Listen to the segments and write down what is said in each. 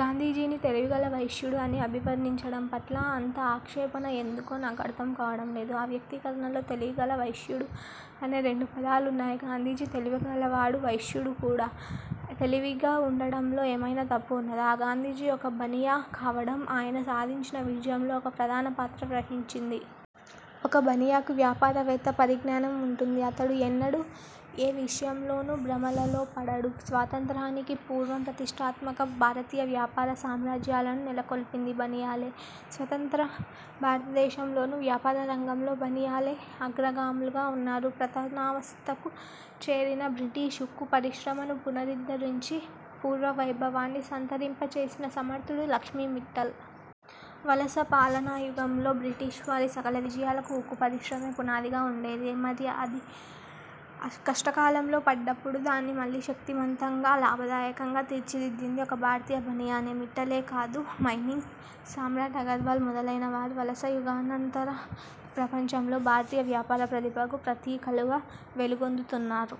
గాంధీజీని 'తెలివిగల వైశ్యుడు' అని అభివర్ణించడం పట్ల అంత ఆక్షేపణ ఎందుకో నాకు అర్థం కావడం లేదు. ఆ వ్యక్తీకరణలో 'తెలివిగల', 'వైశ్యుడు' అనే రెండు పదాలున్నాయి. గాంధీజీ తెలివిగల వాడూ, వైశ్యుడూ కూడా. తెలివిగా వుండడంలో ఏమైనా తప్పు వున్నదా? ఆ గాంధీజీ ఒక బనియా కావడం, ఆయన సాధించిన విజయంలో ఒక ప్రధాన పాత్ర వహించింది. ఒక బనియా కు వ్యాపారవేత్త పరిజ్ఞానం వుంటుంది; అతడు ఎన్నడూ ఏ విషయంలోనూ భ్రమలలో పడడు. స్వాతంత్ర్యానికి పూర్వం ప్రతిష్ఠాత్మక భారతీయ వ్యాపార సామ్రాజ్యాలను నెలకొల్పింది బనియాలే. స్వతంత్ర భారతదేశంలోనూ వ్యాపార రంగంలో బనియాలే అగ్రగాములుగా వున్నారు. పతనావస్థకు చేరిన బ్రిటిష్ ఉక్కు పరిశ్రమను పునరుద్ధరించి పూర్వ వైభవాన్ని సంతరింపచేసిన సమర్థుడు లక్ష్మీ మిట్టల్. వలస పాలనాయుగంలో బ్రిటిష్వారి సకల విజయాలకు ఉక్కు పరిశ్రమే పునాదిగా వుండేది. మరి అది కష్టకాలంలో పడ్డప్పుడు దాన్ని మళ్ళీ శక్తిమంతంగా, లాభదాయకంగా తీర్చిదిద్దింది ఒక భారతీయ బనియానే. మిట్టలే కాదు, మైనింగ్ సమ్రాట్ అగర్వాల్ మొదలైన వారు వలస యుగానంతర ప్రపంచంలో భారతీయ వ్యాపార ప్రతిభకు ప్రతీకలుగా వెలుగొందుతున్నారు.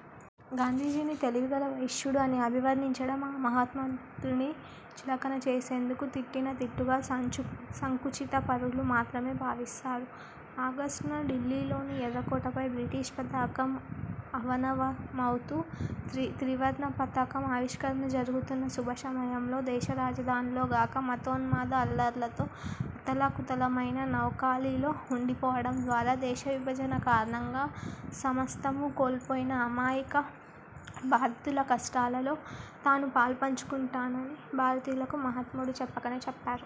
గాంధీజీని 'తెలివిగల వైశ్యుడు' అని అభివర్ణించడం ఆ మహాత్ముడిని చులకన చేసేందుకు తిట్టిన తిట్టుగా సంకుచిత పరులు మాత్రమే భావిస్తారు. ఆగస్టు న ఢిల్లీలోని ఎర్రకోటపై బ్రిటిష్ పతాకం అవనతమవుతూ, త్రివర్ణ పతాకం ఆవిష్కరణ జరుగుతున్న శుభ సమయంలో దేశరాజధానిలో గాక మతోన్మాద అల్లర్లతో అతలాకుతలమయిన నౌఖాళీ లో వుండిపోవడం ద్వారా దేశవిభజన కారణంగా సమస్తమూ కోల్పోయిన అమాయక బాధితుల కష్టాలలో తాను పాలు పంచుకొంటున్నానని భారతీయులకు మహాత్ముడు చెప్పకనే చెప్పారు.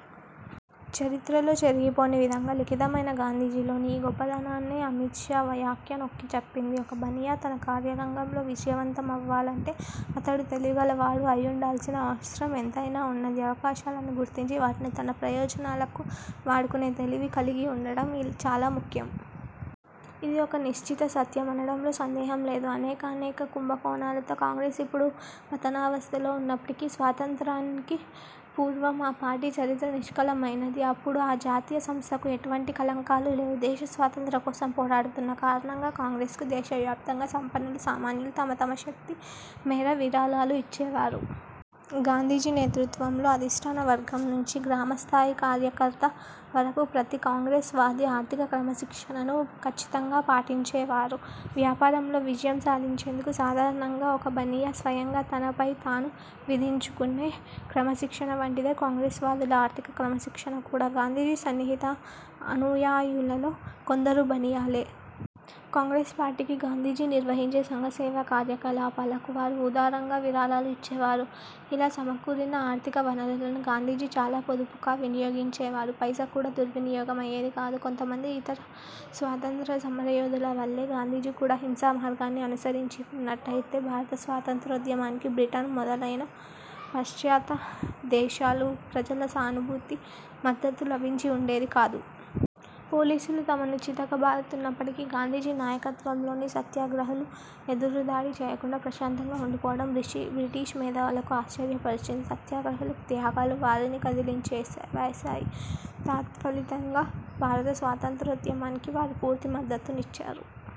చరిత్రలో చెరిగిపోని విధంగా లిఖితమైన గాంధీజీలోని ఈ గొప్పదనాన్నే అమిత్ షా వ్యాఖ్య నొక్కి చెప్పింది. ఒక బనియా తన కార్యరంగంలో విజయవంతమవ్వాలంటే అతడు 'తెలివిగల వాడు' అయివుండాల్సిన అవసరం ఎంతైనా వున్నది. అవకాశాలను గుర్తించి, వాటిని తన ప్రయోజనాలకు వాడుకొనే తెలివి కలిగివుండటం చాలా ముఖ్యం. ఇది ఒక నిశ్చిత సత్యం అనడంలో సందేహం లేదు. అనేకానేక కుంభకోణాలతో కాంగ్రెస్ ఇప్పుడు పతనావస్థలో ఉన్నప్పటికీ స్వాతంత్య్రానికి పూర్వం ఆ పార్టీ చరిత్ర నిష్కల్మషమైనది. అప్పుడు ఆ జాతీయ సంస్థకు ఎటువంటి కళంకాలు లేవు. దేశ స్వాతంత్ర్యం కోసం పోరాడుతున్న కారణంగా కాంగ్రెస్కు దేశవ్యాప్తంగా సంపన్నులు, సామాన్యులు తమ తమ శక్తి మేర విరాళాలు ఇచ్చేవారు. గాంధీజీ నేతృత్వంలో, అధిష్ఠాన వర్గం నుంచి గ్రామ స్థాయి కార్యకర్త వరకు ప్రతి కాంగ్రెస్వాదీ ఆర్థిక క్రమశిక్షణను ఖచ్చితంగా పాటించేవారు. వ్యాపారంలో విజయం సాధించేందుకు సాధారణంగా ఒక బనియా స్వయంగా తనపై తాను విధించుకొనే క్రమశిక్షణ వంటిదే కాంగ్రెస్ వాదుల ఆర్థిక క్రమశిక్షణ కూడా. గాంధీజీ సన్నిహిత అనుయాయులలో కొందరు బనియాలే. కాంగ్రెస్ పార్టీకి, గాంధీజీ నిర్వహించే సంఘ సేవా కార్యకలాపాలకు వారు ఉదారంగా విరాళాలు ఇచ్చేవారు. ఇలా సమకూరిన ఆర్థిక వనరులను గాంధీజీ చాలా పొదుపుగా వినియోగించేవారు. పైసా కూడా దుర్వినియోగమయ్యేది కాదు. కొంతమంది ఇతర స్వాతంత్ర్య సమరయోధుల వలే గాంధీజీ కూడా హింసా మార్గాన్ని అనుసరించి వున్నట్టయితే భారత స్వాతంత్ర్యోద్యమానికి బ్రిటన్ మొదలైన పాశ్చాత్య దేశాల ప్రజల సానుభూతి, మద్దతు లభించి వుండేది కాదు. పోలీసులు తమను చితక బాదుతున్నప్పటికీ గాంధీజీ నాయకత్వంలోని సత్యాగ్రహులు ఎదురుదాడి చేయకుండా ప్రశాంతంగా ఉండిపోవడం బ్రిటిష్ మేధావులను ఆశ్చర్యపరిచింది. సత్యాగ్రహుల త్యాగాలు వారిని కదిలించివేశాయి. తత్ఫలితంగా భారత స్వాతంత్ర్యోద్యమానికి వారు పూర్తి మద్దతునిచ్చారు.